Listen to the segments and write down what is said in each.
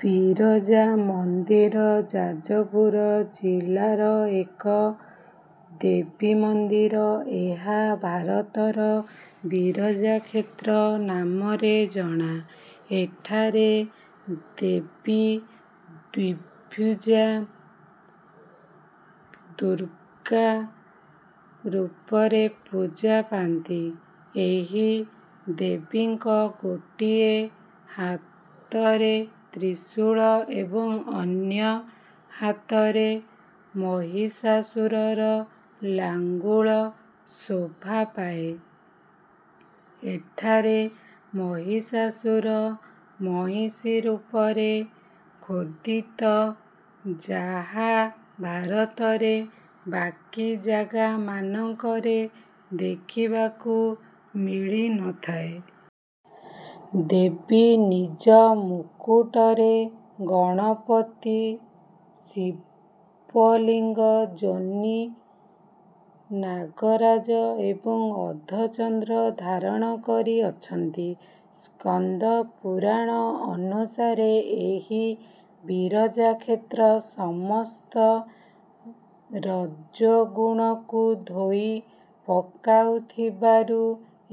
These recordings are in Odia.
ବିରଜା ମନ୍ଦିର ଯାଜପୁର ଜିଲ୍ଲାର ଏକ ଦେବୀ ମନ୍ଦିର। ଏହା ଭାରତର ବିରଜା କ୍ଷେତ୍ର ନାମରେ ଜଣା। ଏଠାରେ ଦେବୀ ଦ୍ୱିଭୁଜା ଦୁର୍ଗା ରୂପରେ ପୂଜା ପାନ୍ତି। ଏହି ଦେବୀଙ୍କ ଗୋଟିଏ ହାତରେ ତ୍ରିଶୂଳ ଏବଂ ଅନ୍ୟ ହାତରେ ମହିଷାସୁରର ଲାଙ୍ଗୁଳ ଶୋଭା ପାଏ। ଏଠାରେ ମହିଷାସୁର ମଇଁଷି ରୂପରେ ଖୋଦିତ ଯାହା ଭାରତରେ ବାକି ଜାଗାମାନଙ୍କରେ ଦେଖିବାକୁ ମିଳିନଥାଏ। ଦେବୀ ନିଜ ମୁକୁଟରେ ଗଣପତି, ଶିବଲିଙ୍ଗ, ଯୋନି, ନାଗରାଜ ଏବଂ ଅର୍ଦ୍ଧଚନ୍ଦ୍ର ଧାରଣ କରି ଅଛନ୍ତି। ସ୍କନ୍ଦ ପୁରାଣ ଅନୁସାରେ ଏହି ବିରଜା କ୍ଷେତ୍ର ସମସ୍ତ ରଜୋଗୁଣକୁ ଧୋଇ ପକାଉଥିବାରୁ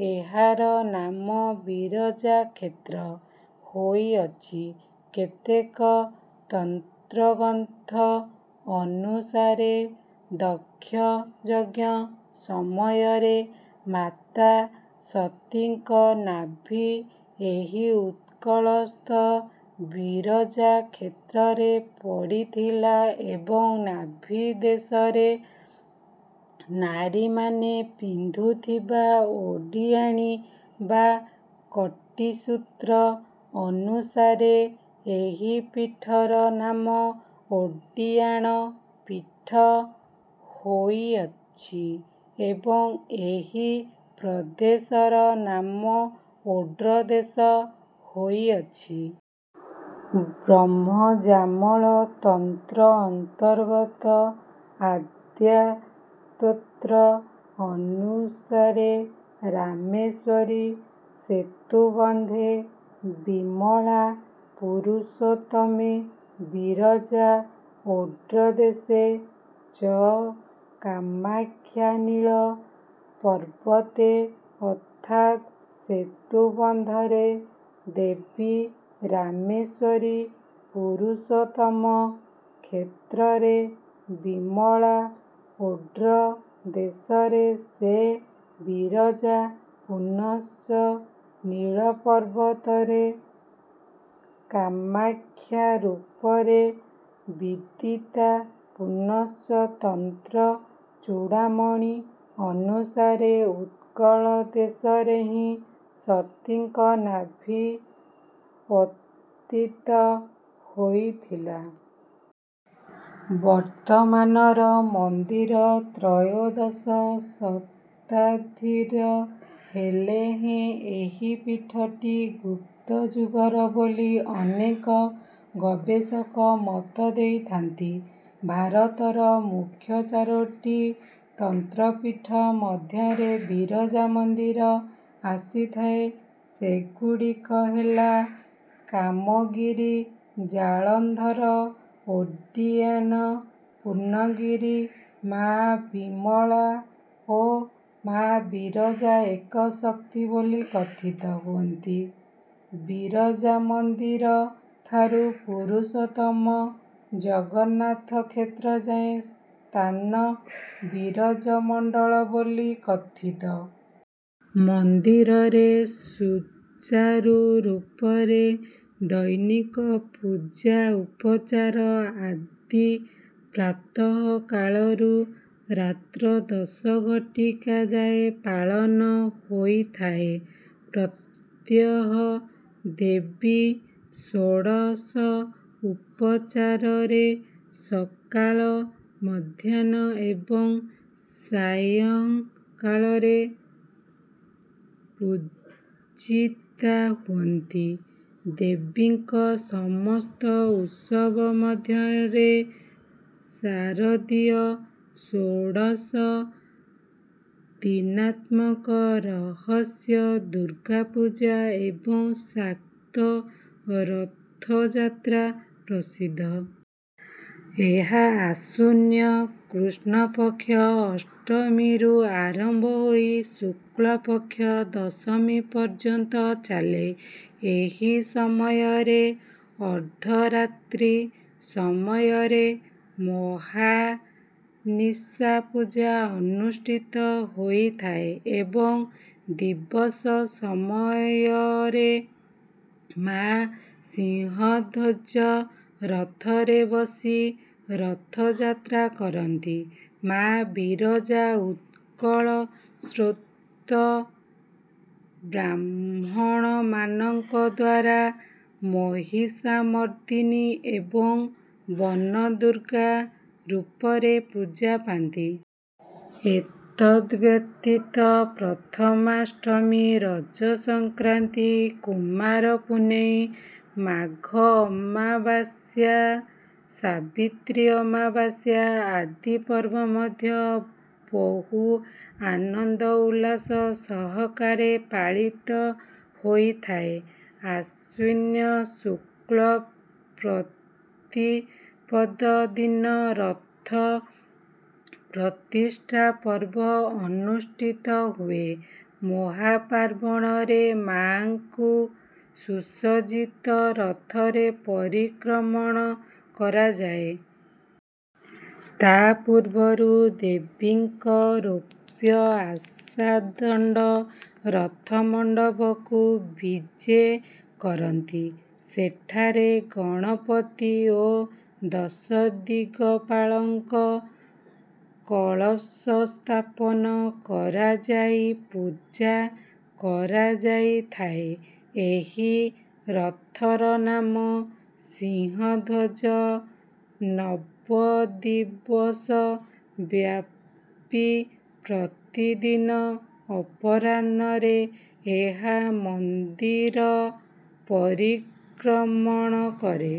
ଏହାର ନାମ ବିରଜା କ୍ଷେତ୍ର ହୋଇଅଛି। କେତେକ ତନ୍ତ୍ର ଗ୍ରନ୍ଥ ଅନୁସାରେ ଦକ୍ଷ ଯଜ୍ଞ ସମୟରେ ମାତା ସତୀଙ୍କ ନାଭି ଏହି ଉତ୍କଳସ୍ଥ ବିରଜା କ୍ଷେତ୍ରରେ ପଡ଼ିଥିଲା ଏବଂ ନାଭି ଦେଶରେ ନାରୀମାନେ ପିନ୍ଧୁଥିବା ଓଡ଼ିଆଣୀ ବା କଟିସୂତ୍ର ଅନୁସାରେ ଏହି ପୀଠର ନାମ ଓଡ୍ଡିୟାଣ ପୀଠ ହୋଇଅଛି, ଏବଂ ଏହି ପ୍ରଦେଶର ନାମ ଓଡ୍ର ଦେଶ ହୋଇଅଛି। ବ୍ରହ୍ମଯାମଳ ତନ୍ତ୍ର ଅନ୍ତର୍ଗତ ଆଦ୍ୟା ସ୍ତୋତ୍ର ଅନୁସାରେ:"ରାମେଶ୍ୱରୀ ସେତୁବନ୍ଧେ ବିମଳା ପୁରୁଷୋତ୍ତମେ ବିରଜା ଓଡ୍ର ଦେଶେ ଚ କାମାଖ୍ୟା ନୀଳ ପର୍ବତେ" ଅର୍ଥାତ୍ ସେତୁବନ୍ଧରେ ଦେବୀ ରାମେଶ୍ୱରୀ, ପୁରୁଷୋତ୍ତମ କ୍ଷେତ୍ରରେ ବିମଳା, ଓଡ୍ର ଦେଶରେ ସେ ବିରଜା, ପୁନଶ୍ଚ ନୀଳପର୍ବତରେ କାମାଖ୍ୟା ରୂପରେ ବିଦିତା। ପୁନଶ୍ଚ ତନ୍ତ୍ର ଚୂଡାମଣି ଅନୁସାରେ ଉତ୍କଳ ଦେଶରେ ହିଁ ସତୀଙ୍କ ନାଭି ପତିତ ହୋଇଥିଲା। ବର୍ତ୍ତମାନର ମନ୍ଦିର ତ୍ରୟୋଦଶ ଶତାବ୍ଦୀର ହେଲେ ହେଁ ଏହି ପୀଠଟି ଗୁପ୍ତ ଯୁଗର ବୋଲି ଅନେକ ଗବେଷକ ମତ ଦେଇଥାନ୍ତି। ଭାରତର ମୁଖ୍ୟ ଚାରୋଟି ତନ୍ତ୍ରପୀଠ ମଧ୍ୟରେ ବିରଜା ମନ୍ଦିର ଆସିଥାଏ, ସେଗୁଡିକ ହେଲା କାମଗିରି, ଜାଳନ୍ଧର, ଓଡ୍ଡୀୟାନ, ପୂର୍ଣ୍ଣଗିରି। ମା ବିମଳା ଓ ମା ବିରଜା ଏକ ଶକ୍ତି ବୋଲି କଥିତ ହୁଅନ୍ତି, ବିରଜାମନ୍ଦିର ଠାରୁ ପୁରୁଷୋତ୍ତମ ଜଗନ୍ନାଥ କ୍ଷେତ୍ର ଯାଏଁ ସ୍ଥାନ ବିରଜମଣ୍ଡଳ ବୋଲି କଥିତ। ମନ୍ଦିରରେ ସୁଚାରୁ ରୂପରେ ଦୈନିକ ପୁଜା ଉପଚାର ଆଦି ପ୍ରାତଃ କାଳରୁ ରାତ୍ର ଦଶ ଘଟିକା ଯାଏ ପାଳନ ହୋଇଥାଏ। ପ୍ରତ୍ୟହ ଦେବୀ ଷୋଡଶଉପଚାରରେ ସକାଳ, ମଧ୍ୟାହ୍ନ ଏବଂ ସାୟଂ କାଳରେ ପୂଜିତା ହୁଅନ୍ତି। ଦେବୀଙ୍କ ସମସ୍ତ ଉତ୍ସବ ମଧ୍ୟରେ ଶାରଦୀୟ ଷୋଡଶ ଦିନାତ୍ମକ ରହସ୍ୟ ଦୁର୍ଗା ପୂଜା ଏବଂ ଶାକ୍ତ ରଥଯାତ୍ରା ପ୍ରସିଦ୍ଧ। ଏହା ଆଶ୍ୱିନ କୃଷ୍ଣପକ୍ଷ ଅଷ୍ଟମୀରୁ ଆରମ୍ଭ ହୋଇ ଶୁକ୍ଲପକ୍ଷ ଦଶମୀ ପର୍ଯ୍ୟନ୍ତ ଚାଲେ। ଏହି ସମୟରେ ଅର୍ଦ୍ଧରାତ୍ରୀ ସମୟରେ ମହାନିଶା ପୂଜା ଅନୁଷ୍ଠିତ ହୋଇଥାଏ ଏବଂ ଦିବସ ସମୟରେ ମା' ସିଂହଧ୍ୱଜ ରଥରେ ବସି ରଥଯାତ୍ରା କରନ୍ତି। ମା' ବିରଜା ଉତ୍କଳ ଶ୍ରୌତ ବ୍ରାହ୍ମଣମାନଙ୍କଦ୍ୱାରା ମହିଷାମର୍ଦିନୀ ଏବଂ ବନଦୁର୍ଗା ରୂପରେ ପୂଜା ପାନ୍ତି। ଏତଦ୍ ବ୍ୟତୀତ ପ୍ରଥାମାଷ୍ଟମୀ, ରଜ ସଂକ୍ରାନ୍ତି, କୁମାର ପୁନେଇ, ମାଘ ଅମାବାସ୍ୟା, ସାବିତ୍ରୀ ଅମାବାସ୍ୟା ଆଦି ପର୍ବ ମଧ୍ୟ ବହୁ ଆନନ୍ଦ ଉଲ୍ଲାସ ସହକାରେ ପାଳିତ ହୋଇଥାଏ। ଆଶ୍ୱିନ ଶୁକ୍ଳ ପ୍ରତିପଦ ଦିନ ରଥ ପ୍ରତିଷ୍ଠା ପର୍ବ ଅନୁଷ୍ଠିତ ହୁଏ। ମହାପାର୍ବଣରେ ମାଙ୍କୁ ସୁସଜ୍ଜିତ ରଥରେ ପରିକ୍ରମଣ କରାଯାଏ। ତା ପୂର୍ବରୁ ଦେବୀଙ୍କ ରୌପ୍ୟ ଆଶାଦଣ୍ଡ ରଥ ମଣ୍ଡପକୁ ବିଜେ କରନ୍ତି। ସେଠାରେ ଗଣପତି ଓ ଦଶଦିଗପାଳଙ୍କ କଳସ ସ୍ଥାପନ କରାଯାଇ ପୂଜା କରାଯାଇଥାଏ। ଏହି ରଥର ନାମ ସିଂହଧ୍ୱଜ। ନବଦିବସ ବ୍ୟାପି ପ୍ରତିଦିନ ଅପରାହ୍ନରେ ଏହା ମନ୍ଦିର ପରିକ୍ରମଣ କରେ।